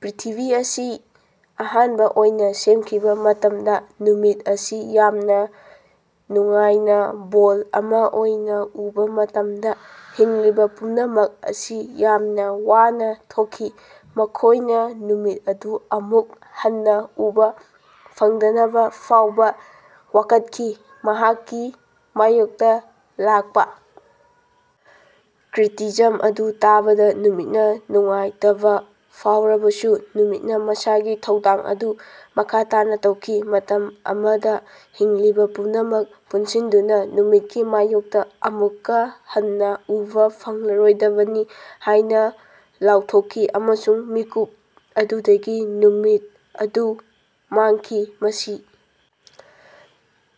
ꯄ꯭ꯔ꯭ꯤꯊꯤꯕꯤ ꯑꯁꯤ ꯑꯍꯥꯟꯕꯥ ꯑꯣꯏꯅꯥ ꯁꯦꯝꯈꯤꯕꯥ ꯃꯇꯝꯗ ꯅꯨꯃꯤꯠ ꯑꯁꯤ ꯌꯥꯝꯅꯥ ꯅꯨꯡꯉꯥꯏꯅꯥ ꯕꯣꯜ ꯑꯃꯥ ꯑꯣꯏꯅꯥ ꯎꯕꯥ ꯃꯇꯝꯗꯥ ꯍꯤꯡꯂꯤꯕꯥ ꯄꯨꯝꯅꯃꯛ ꯑꯁꯤ ꯌꯥꯝꯅꯥ ꯋꯥꯅꯥ ꯊꯣꯛꯈꯤ꯫ ꯃꯈꯣꯏꯅꯥ ꯅꯨꯃꯤꯠ ꯑꯗꯨ ꯑꯃꯨꯛ ꯍꯟꯅꯥ ꯎꯕꯥ ꯐꯪꯗꯅꯕꯥ ꯐꯥꯎꯕꯥ ꯋꯥꯀꯠꯈꯤ꯫ ꯃꯍꯥꯛꯀꯤ ꯃꯥꯌꯣꯛꯇꯥ ꯂꯥꯛꯄꯥ ꯀ꯭ꯔꯤꯇꯤꯖꯝ ꯑꯗꯨ ꯇꯥꯕꯗꯥ ꯅꯨꯃꯤꯠꯅꯥ ꯅꯨꯡꯉꯥꯏꯇꯕꯥ ꯐꯥꯎꯔꯕꯁꯨ ꯅꯨꯃꯤꯠꯅꯥ ꯃꯁꯥꯒꯤ ꯊꯧꯗꯥꯡ ꯑꯗꯨ ꯃꯈꯥ ꯇꯥꯅꯥ ꯇꯧꯈꯤ꯫ ꯃꯇꯝ ꯑꯃꯗꯥ ꯍꯤꯡꯂꯤꯕꯥ ꯄꯨꯝꯅꯃꯛ ꯄꯨꯟꯁꯤꯟꯗꯨꯅꯥ ꯅꯨꯃꯤꯠꯀꯤ ꯃꯥꯌꯣꯛꯇꯥ ꯑꯃꯨꯛꯀꯥ ꯍꯟꯅꯥ ꯎꯕꯥ ꯐꯪꯂꯣꯏꯗꯕꯅꯤ ꯍꯥꯏꯅꯥ ꯂꯥꯎꯊꯣꯛꯈꯤ ꯑꯃꯁꯨꯡ ꯃꯤꯀꯨꯞ ꯑꯗꯨꯗꯒꯤ ꯅꯨꯃꯤꯠ ꯑꯗꯨ ꯃꯥꯡꯈꯤ꯫ ꯃꯁꯤ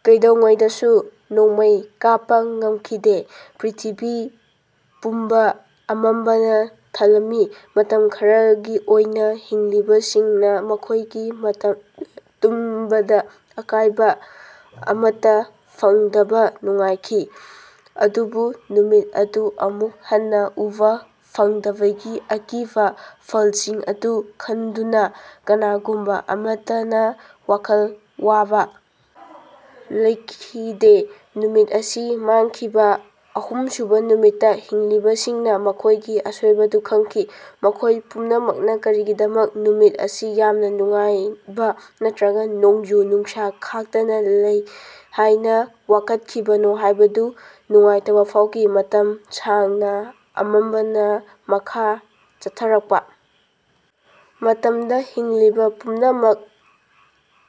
ꯀꯩꯗꯧꯉꯩꯗꯁꯨ ꯅꯣꯡꯃꯩ ꯀꯥꯞꯄꯥ ꯉꯝꯈꯤꯗꯦ꯫ ꯄ꯭ꯔ꯭ꯤꯊꯤꯕꯤ ꯄꯨꯝꯕꯥ ꯑꯃꯝꯕꯅꯥ ꯊꯜꯂꯝꯃꯤ꯫ ꯃꯇꯝ ꯈꯔꯒꯤ ꯑꯣꯏꯅꯥ ꯍꯤꯡꯂꯤꯕꯁꯤꯡꯅꯥ ꯃꯈꯣꯏꯒꯤ ꯇꯨꯝꯕꯗꯥ ꯑꯀꯥꯏꯕꯥ ꯑꯃꯠꯇꯥ ꯐꯪꯗꯕꯗꯥ ꯅꯨꯡꯉꯥꯏꯈꯤ꯫ ꯑꯗꯨꯕꯨ ꯅꯨꯃꯤꯠ ꯑꯗꯨ ꯑꯃꯨꯛ ꯍꯟꯅꯥ ꯎꯕꯥ ꯐꯪꯗꯕꯒꯤ ꯑꯀꯤꯕꯥ ꯐꯜꯁꯤꯡ ꯑꯗꯨ ꯈꯟꯗꯨꯅꯥ ꯀꯅꯥꯒꯨꯝꯕꯥ ꯑꯃꯠꯇꯅꯥ ꯋꯥꯈꯜ ꯋꯥꯕꯥ ꯂꯩꯈꯤꯗꯦ꯫ ꯅꯨꯃꯤꯠ ꯑꯁꯤ ꯃꯥꯡꯈꯤꯕꯥ ꯑꯍꯨꯝꯁꯨꯕꯥ ꯅꯨꯃꯤꯠꯇꯥ ꯍꯤꯡꯂꯤꯕꯁꯤꯡꯅꯥ ꯃꯈꯣꯏꯒꯤ ꯑꯁꯣꯏꯕꯥ ꯑꯗꯨ ꯈꯪꯈꯤ꯫ ꯃꯈꯣꯏ ꯄꯨꯝꯅꯃꯛꯅꯥ ꯀꯔꯤꯒꯤꯗꯃꯛꯇꯥ ꯅꯨꯃꯤꯠ ꯑꯁꯤ ꯌꯥꯝꯅꯥ ꯅꯨꯡꯉꯥꯏꯕꯥ ꯅꯠꯇ꯭ꯔꯒꯥ ꯅꯣꯡꯖꯨ ꯅꯨꯡꯁꯥ ꯈꯥꯛꯇꯅꯥ ꯂꯩ ꯍꯥꯏꯅꯥ ꯋꯥꯀꯠꯈꯤꯕꯅꯣ ꯍꯥꯏꯕꯗꯨ ꯅꯨꯡꯉꯥꯏꯇꯕꯥ ꯐꯥꯎꯈꯤ꯫ ꯃꯇꯝ ꯁꯥꯡꯅꯥ ꯑꯃꯝꯕꯅꯥ ꯃꯈꯥ ꯆꯠꯊꯔꯛꯄꯥ ꯃꯇꯝꯗꯥ ꯍꯤꯡꯂꯤꯕꯥ ꯄꯨꯝꯅꯃꯛ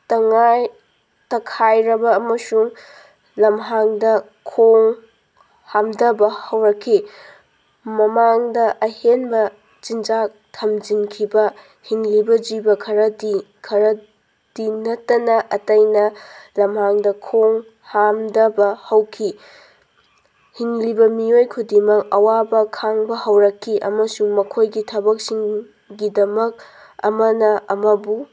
ꯇꯉꯥꯢ ꯇꯛꯈꯥꯏꯔꯕꯥ ꯑꯃꯁꯨꯡ ꯂꯝꯍꯥꯡꯗꯥ ꯈꯣꯉ ꯍꯥꯝꯗꯕꯥ ꯍꯧꯔꯛꯈꯤ꯫ ꯃꯃꯥꯡꯗꯥ ꯑꯍꯦꯟꯕꯥ ꯆꯤꯟꯖꯥꯛ ꯊꯝꯖꯤꯟꯈꯤꯕꯥ ꯍꯤꯡꯂꯤꯕꯥ ꯖꯤꯕ ꯈꯔꯗꯤ ꯅꯠꯇꯅꯥ ꯑꯇꯩꯅꯥ ꯂꯝꯍꯥꯡꯗꯥ ꯈꯣꯡ ꯍꯥꯝꯗꯕꯥ ꯍꯧꯈꯤ꯫ ꯍꯤꯡꯂꯤꯕꯥ ꯃꯤꯑꯣꯏ ꯈꯨꯗꯤꯡꯃꯛꯅꯥ ꯑꯋꯥꯕꯥ ꯈꯥꯡꯕꯥ ꯍꯧꯔꯛꯈꯤ ꯑꯃꯁꯨꯡ ꯃꯈꯣꯏꯒꯤ ꯊꯕꯛꯁꯤꯡꯒꯤꯗꯃꯛ ꯑꯃꯅꯥ ꯑꯃꯕꯨ